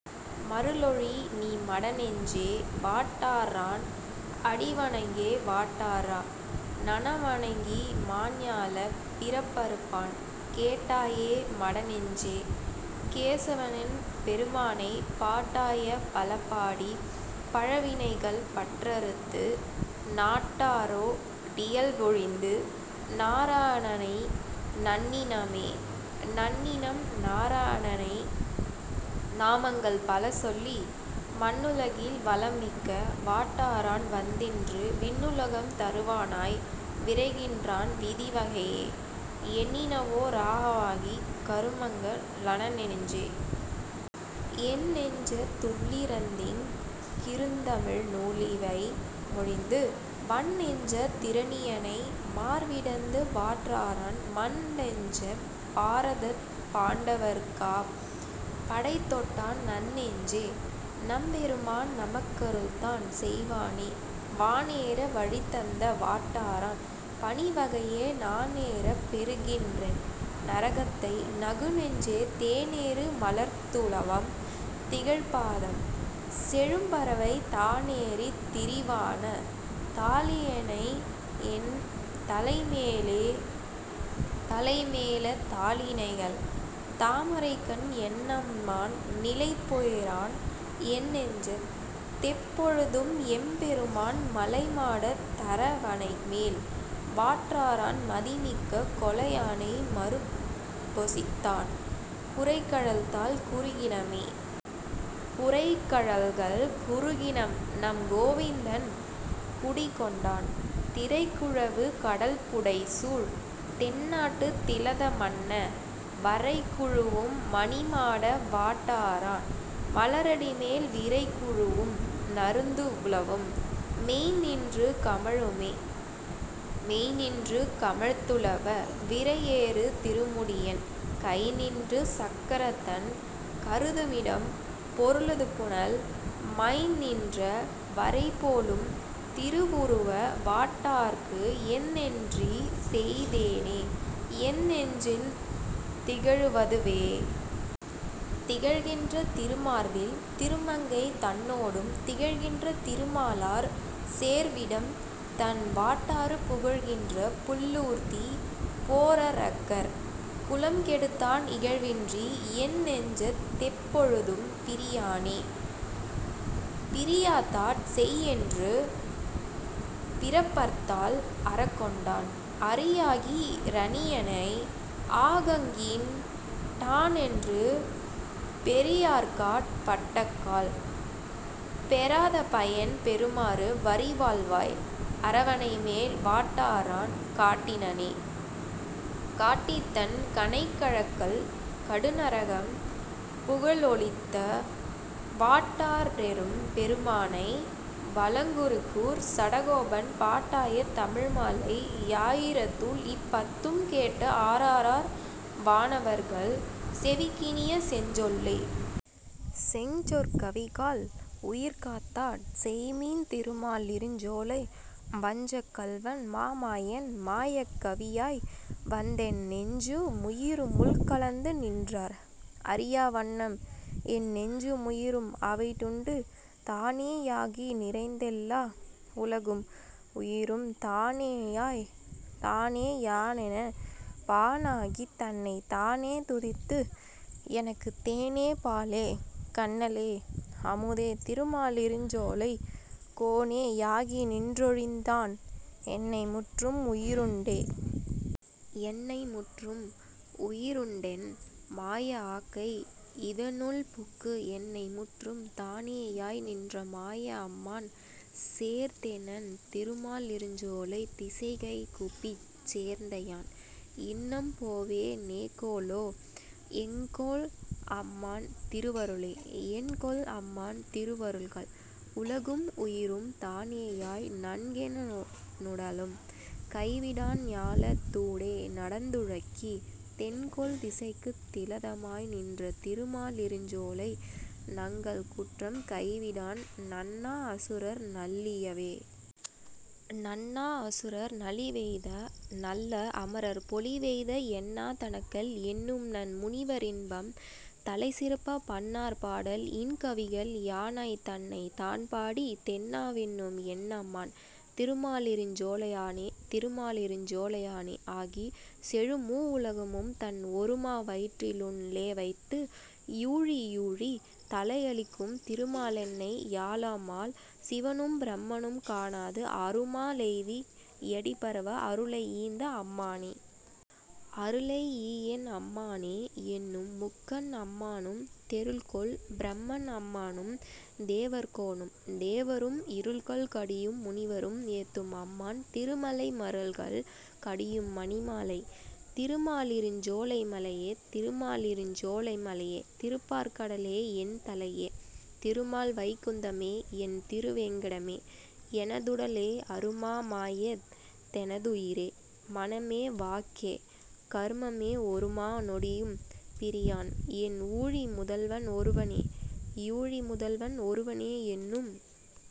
மருளொழிநீ மடநெஞ்சே. வாட்டாற்றான் அடிவணங்கே.. வாட்டாற்றா னணவணங்கி மாஞாலப் பிறப்பறுப்பான் கேட்டாயே மடநெஞ்சே. கேசவனெம் பெருமானை பாட்டாய பலபாடிப் பழவினைகள் பற்றறுத்து நாட்டாரோ டியல்வொழிந்து நாரணனை நண்ணினமே.. நண்ணினம் நாரணனை நாமங்கள் பலசொல்லி மண்ணுலகில் வளம்மிக்க வாட்டாற்றான் வந்தின்று விண்ணுலகம் தருவானாய் விரைகின்றான் விதிவகையே எண்ணினவோ றாகாவிக் கருமங்க ளென்னெஞ்சே.. என்னெஞ்சத் துள்ளிருந்திங் கிருந்தமிழ்நூலிவைமொழிந்து வன்னெஞ்சத் திரணியனை மார்விடந்த வாட்டாற்றான் மன்னஞ்சப் பாரதத்துப் பாண்டவர்க்காப் படைதொட்டான் நன்னெஞ்சே. நம்பெருமான் நமக்கருள்தான் செய்வானே.. வானேற வழிதந்த வாட்டாற்றான் பணிவகையே நானேறப் பெறுகின்றென் நரகத்தை நகுநெஞ்சே தேனேறு மலர்த்துளவம் திகழ்பாதன் செழும்பறவை தானேறித் திரிவான தாளிணையென் தலைமேலே.. தலைமேல தாளிணைகள் தாமரைக்கண் என்னம்மான் நிலைபேரான் என்நெஞ்சத் தெப்பொழுதும் எம்பெருமான் மலைமாடத் தரவணைமேல் வாட்டாற்றான் மதமிக்க கொலையானை மருப்பொசித்தான் குரைகழல்தள் குறுகினமே.. குரைகழல்கள் குறுகினம் நம் கோவிந்தன் குடிகொண்டான் திரைகுழுவு கடல்புடைசூழ் தென்னாட்டுத் திலதமன்ன வரைகுழுவும் மணிமாட வாட்டாற்றான் மலரடிமேல் விரைகுழுவும் நறுந்துளவம் மெய்ந்நின்று கமழுமே.. மெய்ந்நின்று கமழ்துளவ விரையேறு திருமுடியன் கைந்நின்ற சக்கரத்தன் கருதுமிடம் பொருதுபுனல் மைந்நின்ற வரைபோலும் திருவுருவ வாட்டாற்றாற்கு எந்நன்றி செய்தேனே என்னெஞ்சில் திகழவதுவே?. திகழ்கின்ற திருமார்பில் திருமங்கை தன்னோடும் திகழ்கின்ற திருமாலார் சேர்விடம்தண் வாட்டாறு புகழ்கின்ற புள்ளூர்தி போரரக்கர் குலம்கெடுத்தான் இகழ்வின்றி என்னெஞ்சத் தெப்பொழுதும் பிரியானே.. பிரியாதாட் செய்யென்று பிறப்பறுத்தாள் அறக்கொண்டான் அரியாகி இரணியனை ஆகங்கீண் டானன்று பெரியார்க்காட் பட்டக்கால் பெறாதபயன் பெறுமாறு வரிவாள்வாய் அரவணைமேல் வாட்டாற்றான் காட்டினனே.. காட்டித்தன் கனைகழல்கள் கடுநரகம் புகலொழித்த வாட்டாற்றெம் பெருமானை வளங்குருகூர்ச் சடகோபன் பாட்டாய தமிழ்மாலை யாயிரத்துள் இப்பத்தும் கேட்டு ஆரார் வானவர்கள் செவிக்கினிய செஞ்சொல்லே. செங்சொற் கவிகாள். உயிர்காத்தாட் செய்மின் திருமா லிருஞ்சோலை வஞ்சக் கள்வன் மாமாயன் மாயக் கவியாய் வந்து என் நெஞ்சு முயிரு முள்கலந்து நின்றார் அறியா வண்ணம் என் நெஞ்சு முயிரும் அவைடுண்டு தானே யாகி நிறைந்தெல்லா உலகும் உயிரும் தானேயாய் தானே யானென் பானாகித் தன்னைத் தானே துதித்து எனக்குத் தேனே பாலே கன்னலே அமுதே திருமாலிருஞ்சோலை கோனே யாகி நின்றொழிந்தான் என்னை முற்றும் உயிருண்டே.. என்னை முற்றும் உயிருண்டென் மாய ஆக்கை யிதனுள்புக்கு என்னை முற்றும் தானேயாய் நின்ற மாய அம்மான் சேர் தென்னன் திருமா லிருஞ்சோலைத் திசைகை கூப்பிச் தேர்ந்தயான் இன்னம் போவே னேகொலோ. எங்கொல் அம்மான் திருவருளே?. என்கொல் அம்மான் திருவருள்கள்? உலகும் உயிரும் தானேயாய் நன்கென் னுடலம் கைவிடான் ஞாலத் தூடே நடந்துழக்கி தென்கொள் திசைக்குத் திலதமாய் நின்ற திருமாலிருஞ்சோலை நங்கள் குன்றம் கைவிடான் நண்ணா அசுரர் நல்லியவே.. நண்ணா அசுரர் நலிவெய்த நல்ல அமரர் பொலிவெய்த எண்ணா தனகள் எண்ணும்நன் முனிவ ரின்பம் தலைசிறப்ப பண்ணார் பாடல் இன்கவிகள் யானாய்த் தன்னைத் தான்பாடி தென்னா வென்னும் என்னம்மான் திருமாலிருஞ்சோலையானே.. திருமாலிருஞ்சோலையானே ஆகிச் செழுமூ வுலகும் தன் ஒருமா வயிற்றி னுள்ளேவைத்து ஊழி யூழி தலையளிக்கும் திருமாலென்னை யாளாமால் சிவனும் பிரமனும்காணாது அருமா லெய்தி யடிபரவ அருளை யீந்த அம்மானே.. அருளை ஈயென் அம்மானே. என்னும் முக்கண் அம்மானும் தெருள்கொள் பிரமன் அம்மானும் தேவர் கோனும் தேவரும் இருள்கள் கடியும் முனிவரும் ஏத்தும் அம்மான் திருமலை மருள்கள் கடியும் மணிமாலை திருமாலிருஞ்சோலைமலையே.. திருமாலிருஞ்சோலைமலையே திருப்பாற் கடலே என்தலையே திருமால்வைகுந்தமே எண் திருவேங்கடமே எனதுடலே அருமா மாயத் தெனதுயிரே மனமே வாக்கே கருமமே ஒருமா நொடியும் பிரியான் என் ஊழி முதல்வன் ஒருவனே.. ஊழி முதல்வன் ஒருவனே என்னும்